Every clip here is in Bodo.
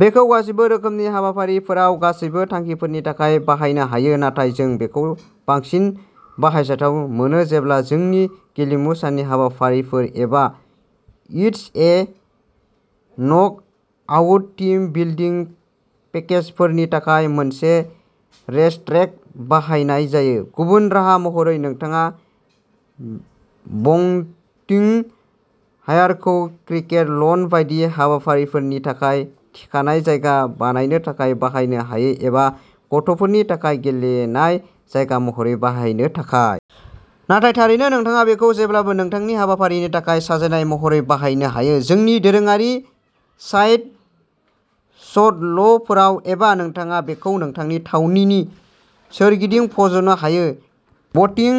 बेखौ गासैबो रोखोमनि हाबाफारिफोराव, गासैबो थांखिफोरनि थाखाय बाहायनो हायो, नाथाय जों बेखौ बांसिन बाहायजाथाव मोनो जेब्ला जोंनि गेलेमु साननि हाबाफारिफोर एबा it's a knockout team building पेकेजफोरनि थाखाय मोनसे रेसट्रेक बाहायनाय जायो। गुबुन राहा महरै नोंथाङा बंटिंग हायरखौ क्रकेट लन बायदि हाबाफारिफोरनि थाखाय थिखानाय जायगा बानायनो थाखाय बाहायनो हायो एबा गथ'फोरनि थाखाय गेलेनाय जायगा महरै बाहायनो थाखाय। नाथाय थारैनो, नोंथाङा बेखौ जेब्लाबो नोंथांनि हाबाफारिनि थाखाय साजायनाय महरै बाहायनो हायो, जोंनि दोरोङारि साइड स्ट'लफोराव एबा नोंथाङा बेखौ नोंथांनि थावनिनि सोरगिदिं फज'नो हायो। बंटिंग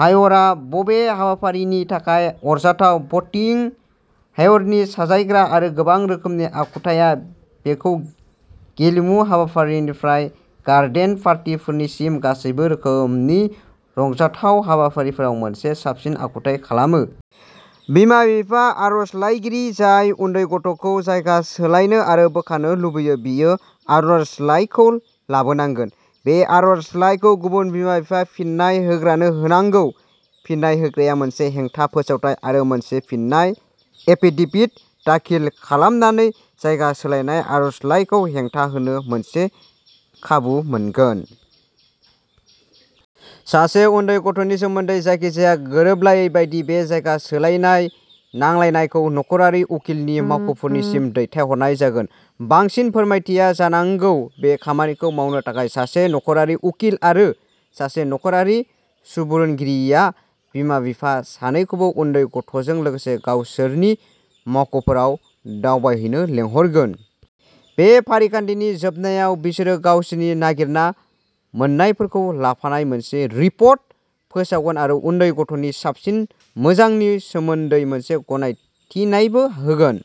हायरआ बबे हाबाफारिफोरनि थाखाय आरजाथाव? बंटिंग हायरनि साजायग्रा आरो गोबां रोखोमनि आखुथाया बेखौ गेलेमु हाबाफारिफोरनिफ्राय गार्डेन पार्टीफोरसिम गासैबो रोखोमनि रंजाथाव हाबाफारिफोराव मोनसे साबसिन आखुथाय खालामो! बिमा-बिफा, आर'जलाइगिरि, जाय उन्दै गथ'खौ जायगा सोलायनो आरो बोखारनो लुबैयो, बियो आर'जलाइखौ लाबोनांगोन। बे आर'जलाइखौ गुबुन बिमा-बिफा, फिन्नाय होग्रानो होनांगौ। फिन्नाय होग्राया मोनसे हेंथा फोसावथाइ आरो मोनसे फिननाय एफिडेभिट दाखिल खालामनानै जायगा सोलायनाय आर'जलाइखौ हेंथा होनो मोनसे खाबु मोनगोन। सासे उन्दै गथ'नि सोमोन्दै जायखिजाया गोरोबलायै बायदि, बे जायगा सोलायनाय नांलायनायखौ नख'रारि उकिलनि मावख'फोरसिम दैथायहरनाय जागोन। बांसिन फोरमायथिया जानांगौ बे खामानिखौ मावनो थाखाय सासे नख'रारि उकिल आरो सासे नख'रारि सुबुरुनगिरिआ बिमा-बिफा सानैखौबो, उन्दै गथ'जों लोगोसे, गावसोरनि मावख'फोराव दावबायहैनो लिंहरगोन। बे फारिखान्थिनि जोबनायाव, बिसोरो गावसोरनि नागिरना मोन्नायफोरखौ लाफानाय मोनसे रिपर्ट फोसावगोन आरो उन्दै गथ'नि साबसिन मोजांनि सोमोन्दै मोनसे गनायथिनायबो होगोन।